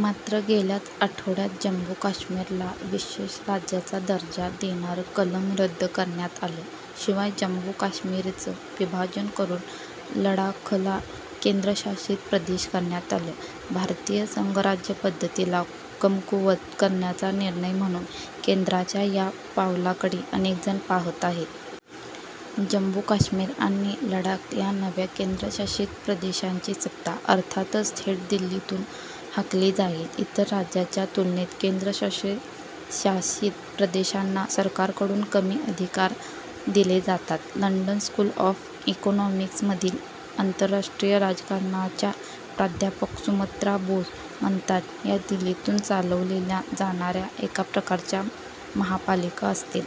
मात्र, गेल्याच आठवड्यात जम्मू-काश्मीरला विशेष राज्याचा दर्जा देणारं कलम रद्द करण्यात आलं. शिवाय, जम्मू-काश्मीरचं विभाजन करून लडाखला केंद्रशासित प्रदेश करण्यात आलं. भारतीय संघराज्य पद्धतीला कमकुवत करण्याचा निर्णय म्हणून केंद्राच्या या पावलाकडे अनेकजण पाहत आहेत. जम्मू-काश्मीर आणि लडाख या नव्या केंद्रशासित प्रदेशाची सत्ता अर्थातच थेट दिल्लीतून हाकली जाईल. इतर राज्यांच्या तुलनेत केंद्रशासित प्रदेशांना सरकारकडून कमी अधिकार दिले जातात. लंडन स्कूल ऑफ इकॉनॉमिक्समधील आंतरराष्ट्रीय राजकारणाच्या प्राध्यापक सुमंत्रा बोस म्हणतात, या दिल्लीतून चालवल्या जाणाऱ्या एक प्रकारच्या महापालिका असतील.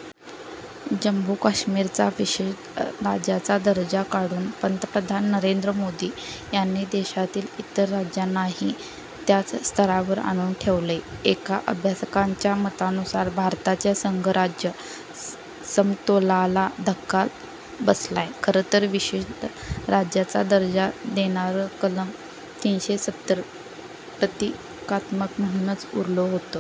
जम्मू-काश्मीरचा विशेष राज्याचा दर्जा काढून पंतप्रधान नरेंद्र मोदी यांनी देशातील इतर राज्यांनाही त्याच स्तरावर आणून ठेवलंय. एका अभ्यासकाच्या मतानुसार भारताच्या संघराज्य समतोलाला धक्का बसलाय. खरंतर विशेष राज्याचा दर्जा देणारं कलम तीनशे सतर प्रतिकात्मक म्हणूनच उरलं होतं.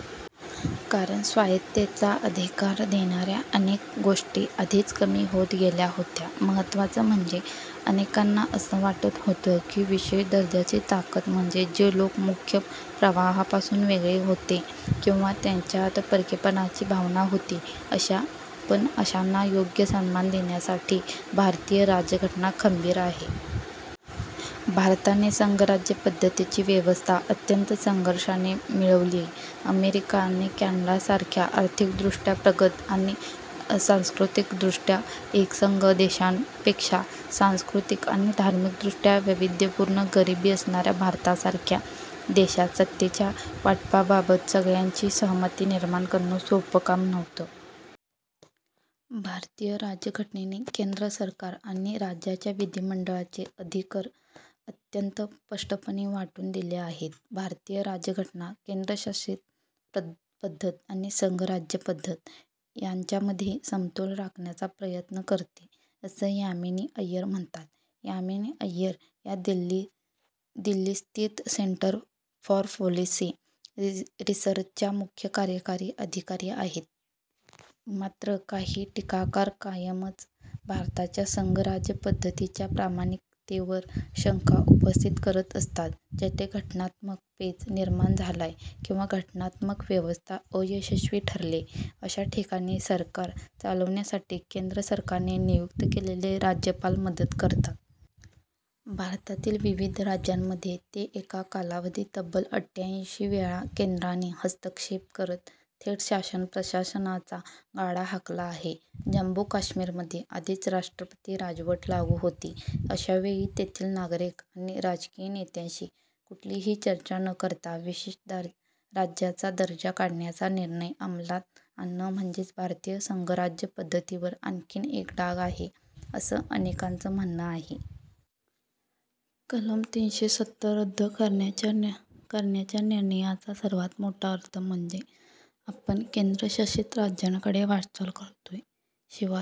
कारण स्वायत्ततेचा अधिकार देणाऱ्या अनेक गोष्टी आधीच कमी होत गेल्या होत्या. महत्त्वाचं म्हणजे अनेकांना असं वाटत होतं की विशेष दर्जाची ताकद म्हणजे जे लोक मुख्य प्रवाहापासून वेगळे होते किंवा ज्यांच्यात परकेपणाची भावना होती, पण अशांना योग्य सन्मान देण्यासाठी भारतीय राज्यघटना खंबीर आहे. भारताने संघराज्य पद्धतीची व्यवस्था अत्यंत संघर्षाने मिळवलीय. अमेरिका आणि कॅनडासारख्या आर्थिकदृष्ट्या प्रगत आणि सांस्कृतिकदृष्ट्या एकसंध देशांपेक्षा सांस्कृतिक आणि धार्मिकदृष्ट्या वैविध्यपूर्ण गरिबी असणाऱ्या भारतासारख्या देशात सत्तेच्या वाटपाबाबत सगळ्यांची सहमती निर्माण करणं सोपं काम नव्हतं. भारतीय राज्यघटनेने केंद्र सरकार आणि राज्यांच्या विधिमंडळांचे अधिकर अत्यंत स्पष्टपणे वाटून दिले आहेत. भारतीय राज्यघटना केंद्रशासित पद्धत आणि संघराज्य पद्धत यांच्यामध्ये समतोल राखण्याचा प्रयत्न करते, असं यामिनी अय्यर म्हणतात. यामिनी अय्यर या दिल्लीस्थित सेंटर फॉर पॉलिसी रिसर्चच्या मुख्य कार्यकारी अधिकारी आहेत. मात्र, काही टीकाकार कायमच भारताच्या संघराज्य पद्धतीच्या प्रामाणिकतेवर शंका उपस्थित करत असतात. जिथे घटनात्मक पेच निर्माण झालाय किंवा घटनात्मक व्यवस्था अयशस्वी ठरलीय, अशा ठिकाणी सरकार चालवण्यासाठी केंद्र सरकारने नियुक्त केलेले राज्यपाल मदत करतात. भारतातील विविध राज्यांमध्ये ते या कालावधी तब्बल अठ्ठ्याऐंशी वेळा केंद्राने हस्तक्षेप करत थेट शासन-प्रशासनाचा गाडा हाकला आहे. जम्मू-काश्मीरमध्ये आधीच राष्ट्रपती राजवट लागू होती. अशावेळी तेथील नागरिक आणि राजकीय नेत्यांशी कुठलीही चर्चा न करता विशेष राज्याचा दर्जा काढण्याचा निर्णय अंमलात आणणं म्हणजे भारतीय संघराज्य पद्धतीवर आणखी एक डाग आहे, असं अनेकांचं म्हणणं आहे. कलम तीनशे सत्तर रद्द करण्याच्या निर्णयाचा सर्वांत मोठा अर्थ म्हणजे आपण केंद्रशासित राज्यांकडे वाटचाल करतोय. शिवाय